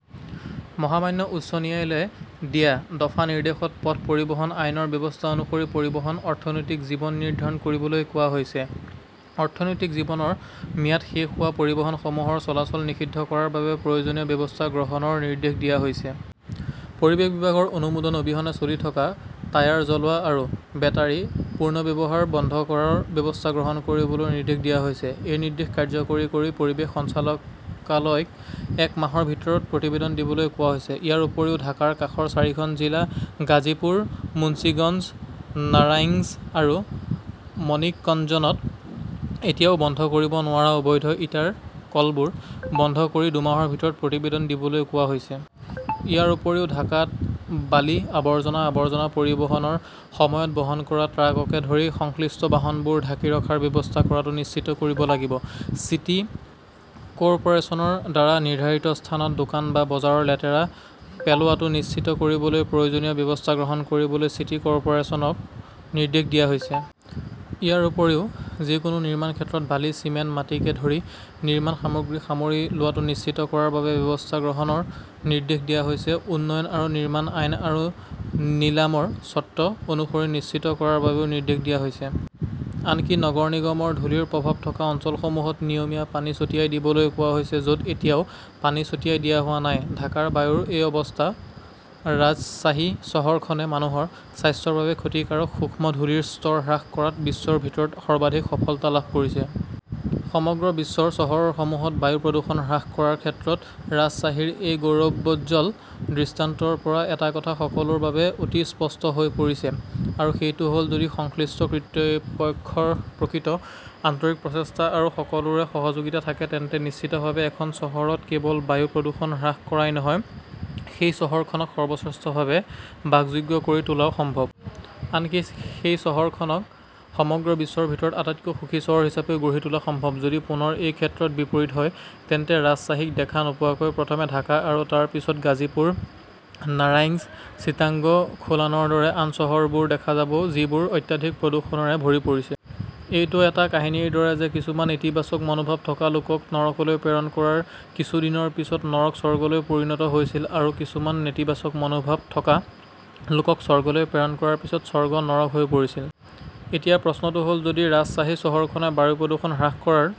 মহামান্য উচ্চ ন্যায়ালয়ে দিয়া দফা নিৰ্দেশত পথ পৰিবহণ আইনৰ ব্যৱস্থা অনুসৰি পৰিবহণৰ 'অৰ্থনৈতিক জীৱন "নিৰ্ধাৰণ কৰিবলৈ কোৱা হৈছে। অৰ্থনৈতিক জীৱনৰ ম্যাদ শেষ হোৱা পৰিবহণসমূহৰ চলাচল নিষিদ্ধ কৰাৰ বাবে প্ৰয়োজনীয় ব্যৱস্থা গ্ৰহণৰ নিৰ্দেশ দিয়া হৈছে। পৰিৱেশ বিভাগৰ অনুমোদন অবিহনে চলি থকা টায়াৰ জ্বলোৱা আৰু বেটাৰি পুনৰ্ব্যৱহাৰ বন্ধ কৰাৰ ব্যৱস্থা গ্ৰহণ কৰিবলৈ নিৰ্দেশ দিয়া হৈছে। এই নিৰ্দেশ কাৰ্যকৰী কৰি পৰিৱেশ সঞ্চালকালয়ক এক মাহৰ ভিতৰত প্ৰতিবেদন দিবলৈ কোৱা হৈছে। ইয়াৰ উপৰিও ঢাকাৰ কাষৰ চাৰিখন জিলা গাজীপুৰ, মুন্সিগঞ্জ, নাৰাংইজ আৰু মানিকগঞ্জত এতিয়াও বন্ধ কৰিব নোৱাৰা অবৈধ ইটাৰ কলবোৰ বন্ধ কৰি দুমাহৰ ভিতৰত প্ৰতিবেদন দিবলৈ কোৱা হৈছে। ইয়াৰ উপৰিও ঢাকাত বালি, আৱৰ্জনা, আৱৰ্জনা পৰিবহণৰ সময়ত বহন কৰা ট্ৰাককে ধৰি সংশ্লিষ্ট বাহনবোৰ ঢাকি ৰখাৰ ব্যৱস্থা কৰাটো নিশ্চিত কৰিব লাগিব। চিটি কৰ্পোৰেচনৰ দ্বাৰা নিৰ্ধাৰিত স্থানত দোকান বা বজাৰৰ লেতেৰা পেলোৱাটো নিশ্চিত কৰিবলৈ প্ৰয়োজনীয় ব্যৱস্থা গ্ৰহণ কৰিবলৈ চিটি কৰ্পোৰেচনক নিৰ্দেশ দিয়া হৈছে। ইয়াৰ উপৰিও যিকোনো নিৰ্মাণ ক্ষেত্ৰত বালি, চিমেণ্ট, মাটিকে ধৰি নিৰ্মাণ সামগ্ৰী সামৰি লোৱাটো নিশ্চিত কৰাৰ বাবে ব্যৱস্থা গ্ৰহণৰ নিৰ্দেশ দিয়া হৈছে। উন্নয়ন আৰু নিৰ্মাণ আইন আৰু নিলামৰ চৰ্ত অনুসৰি নিশ্চিত কৰাৰ বাবেও নিৰ্দেশ দিয়া হৈছে। আনকি নগৰ নিগমৰ ধূলিৰ প্ৰভাৱ থকা অঞ্চলসমূহত নিয়মীয়া পানী ছটিয়াই দিবলৈ কোৱা হৈছে য 'ত এতিয়াও পানী ছটিয়াই দিয়া হোৱা নাই। ঢাকাৰ বায়ুৰ এই অৱস্থাত, ৰাজশ্বাহী চহৰখনে মানুহৰ স্বাস্থ্যৰ বাবে ক্ষতিকাৰক সূক্ষ্ম ধূলিৰ স্তৰ হ্ৰাস কৰাত বিশ্বৰ ভিতৰত সৰ্বাধিক সফলতা লাভ কৰিছে। সমগ্ৰ বিশ্বৰ চহৰসমূহত বায়ু প্ৰদূষণ হ্ৰাস কৰাৰ ক্ষেত্ৰত ৰাজশ্বাহীৰ এই গৌৰৱোজ্জ্বল দৃষ্টান্তৰ পৰা এটা কথা সকলোৰে বাবে অতি স্পষ্ট হৈ পৰিছে। আৰু সেইটো হ 'ল, যদি সংশ্লিষ্ট কৰ্তৃপক্ষৰ প্ৰকৃত আন্তৰিক প্ৰচেষ্টা আৰু সকলোৰে সহযোগিতা থাকে, তেন্তে নিশ্চিতভাৱে এখন চহৰত কেৱল বায়ু প্ৰদূষণ হ্ৰাস কৰাই নহয়, সেই চহৰখনক সৰ্বশ্ৰেষ্ঠভাৱে বাসযোগ্য কৰি তোলাটোও সম্ভৱ। আনকি সেই চহৰখনক সমগ্ৰ বিশ্বৰ ভিতৰত আটাইতকৈ সুখী চহৰ হিচাপেও গঢ়ি তোলা সম্ভৱ। যদি পুনৰ এই ক্ষেত্ৰত বিপৰীত হয়, তেন্তে ৰাজশ্বাহীক দেখা নোপোৱাকৈ প্ৰথমে ঢাকা আৰু তাৰ পিছত গাজীপুৰ, নাৰাংইজ, চিটাগং, খুলনাৰ দৰে আন চহৰবোৰ দেখা যাব যিবোৰ অত্যাধিক প্ৰদূষণৰে ভৰি পৰিছে। এইটো এটা কাহিনীৰ দৰে যে কিছুমান ইতিবাচক মনোভাৱ থকা লোকক নৰকলৈ প্ৰেৰণ কৰাৰ কিছু দিনৰ পিছত নৰক স্বৰ্গলৈ পৰিণত হৈছিল আৰু কিছুমান নেতিবাচক মনোভাৱ থকা লোকক স্বৰ্গলৈ প্ৰেৰণ কৰাৰ পিছত স্বৰ্গ নৰক হৈ পৰিছিল। এতিয়া প্ৰশ্নটো হ "ল, যদি ৰাজশ্বাহী চহৰখনে বায়ু প্ৰদূষণ হ্ৰাস কৰাৰ